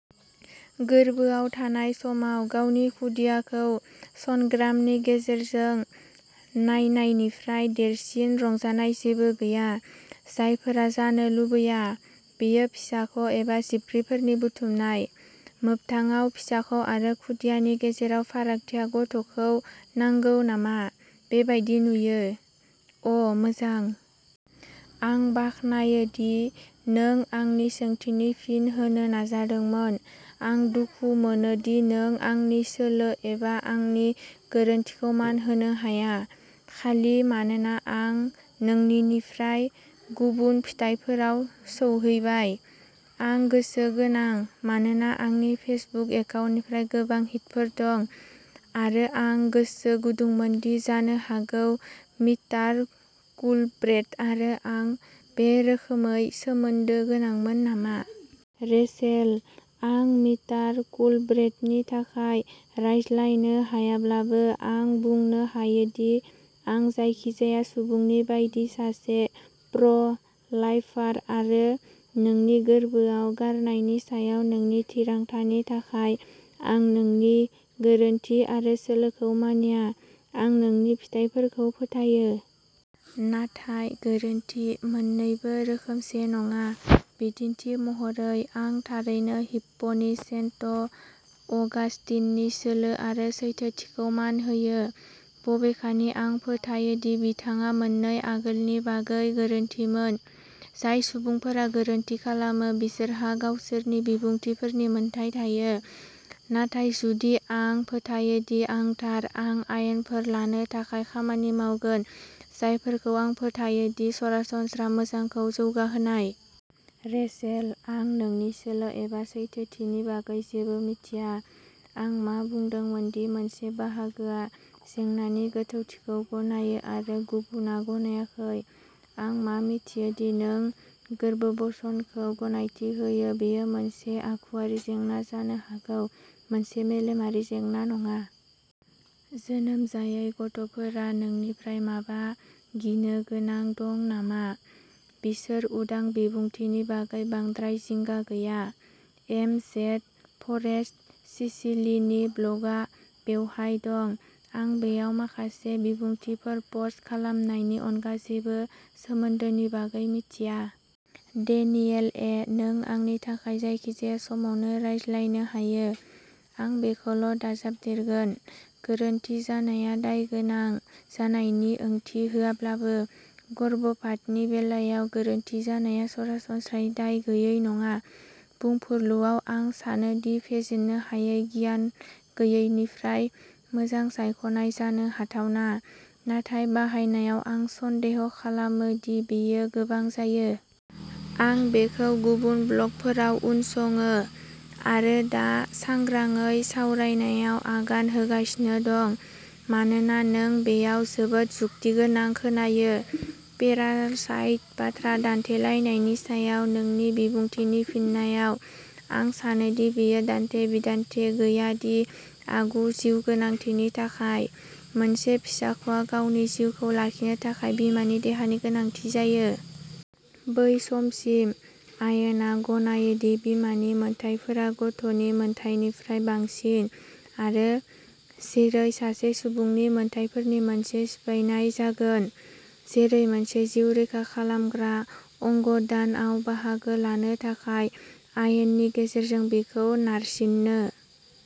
गोर्बोआव थानाय समाव, गावनि खुदियाखौ सन'ग्रामनि गेजेरजों नायनायनिफ्राय देरसिन रंजानाय जेबो गैया। जायफोरा जानो लुबैया, बेयो फिसाख' एबा जिबख्रिफोरनि बुथुमनाय। मोगथाङाव, फिसाख' आरो खुदियानि गेजेराव फारागथिया गथ'खौ नांगौ नामा, बे बायदि नुयो। अ' मोजां। आं बाख्नायो दि नों आंनि सोंथिनि फिन होनो नाजादोंमोन। आं दुखु मोनो दि नों आंनि सोलो एबा आंनि गोरोनथिखौ मान होनो हाया, खालि मानोना आं नोंनिनिफ्राय गुबुन फिथाइफोराव सौहैबाय। आं गोसो गोनां, मानोना आंनि फेसबुक एकाउन्टनिफ्राय गोबां हिटफोर दं, आरो आं गोसो गुदुंमोन दि जानो हागौ मिटार कुलब्रेथ आरो आं बे रोखोमै सोमोन्दो गोनांमोन नामा। रेचेल, आं मिस्टार कुलब्रेथनि थाखाय रायज्लायनो हायाब्लाबो, आं बुंनो हायोदि आं जायखिजाया सुबुंनि बायदि सासे प्र'- लाइफार, आरो नोंनि गोर्बोआव गारनायनि सायाव नोंनि थिरांथानि थाखाय आं नोंनि गोरोनथि आरो सोलोखौ मानिया। आं नोंनि फिथाइफोरखौ फोथायो। नाथाय, गोरोन्थि। मोननैबो रोखोमसे नङा। बिदिन्थि महरै, आं थारैनो हिप्प'नि सेन्ट अगास्टिननि सोलो आरो सैथोथिखौ मान होयो, बबेखानि आं फोथायो दि बिथाङा मोननै आगोलनि बागै गोरोन्थिमोन। जाय सुबुंफोरा गोरोन्थि खालामो, बिसोरहा गावसोरनि बिबुंथिफोरनि मोन्थाइ थायो, नाथाय जुदि आं फोथायो दि आं थार, आं आयेनफोर लानो थाखाय खामानि मावगोन जायफोरखौ आं फोथायो दि सरासनस्रा मोजांखौ जौगाहोनाय। रेचेल, आं नोंनि सोलो एबा सैथोथिनि बागै जेबो मिथिया। आं मा बुंदोंमोन दि मोनसे बाहागोआ जेंनानि गोथौथिखौ गनायो आरो गुबुनआ गनायाखै। आं मा मिथियो दि नों गोर्बोबस'नखौ गनायथि होयो। बेयो मोनसे आखुयारि जेंना जानो हागौ, मोनसे मेलेमारि जेंना नङा। जोनोम जायै गथ'फोरा नोंनिफ्राय माबा गिनो गोनां दं नामा? बिसोर उदां बिबुंथिनि बागै बांद्राय जिंगा गैया। एम जेड फरेस्ट सिसिलिनि ब्लगआ बेवहाय दं। आं बेयाव माखासे बिबुंथिफोर पस्ट खालामनायनि अनगा जेबो सोमोन्दोनि बागै मिथिया। डेनियेल ए नों आंनि थाखाय जायखिजाया समावनो रायज्लायनो हायो। आं बेखौल' दाजाबदेरगोन, गोरोन्थि जानाया दायगोनां जानायनि ओंथि होआब्लाबो, गर्भपातनि बेलायाव गोरोन्थि जानाया सरासनस्रायै दाय गैयै नङा। बुंफुरलुआव आं सानो दि फेजेननो हायै गियान गैयैनिफ्राय मोजां सायख'नाय जानो हाथावना, नाथाय बाहायनायाव आं सन्देह खालामो दि बेयो गोबां जायो। आं बेखौ गुबुन ब्लगफोराव उनसङो, आरो दा सांग्रांयै सावरायनायाव आगान होगासिनो दं, मानोना नों बेयाव जोबोद जुक्तिगोनां खोनायो। पेरासाइट बाथ्रा दान्थेलायनायनि सायाव नोंनि बिबुंथिनि फिननायाव, आं सानो दि बेयो दान्थे-बिदान्थे गैया दि, आगु-जिउगोनांथिनि थाखाय, मोनसे फिसाख'आ गावनि जिउखौ लाखिनो थाखाय बिमानि देहानि गोनांथि जायो। बै समसिम, आयेना गनायो दि बिमानि मोनथायफोरा गथ'नि मोनथायनिफ्राय बांसिन, आरो, जेरै, सासे सुबुंनि मोनथायफोरनि मोनसे सिफायनाय जागोन, जेरै, मोनसे जिउ रैखा खालामग्रा अंग दान आव बाहागो लानो थाखाय, आयेननि गेजेरजों बिखौ नारसिननो।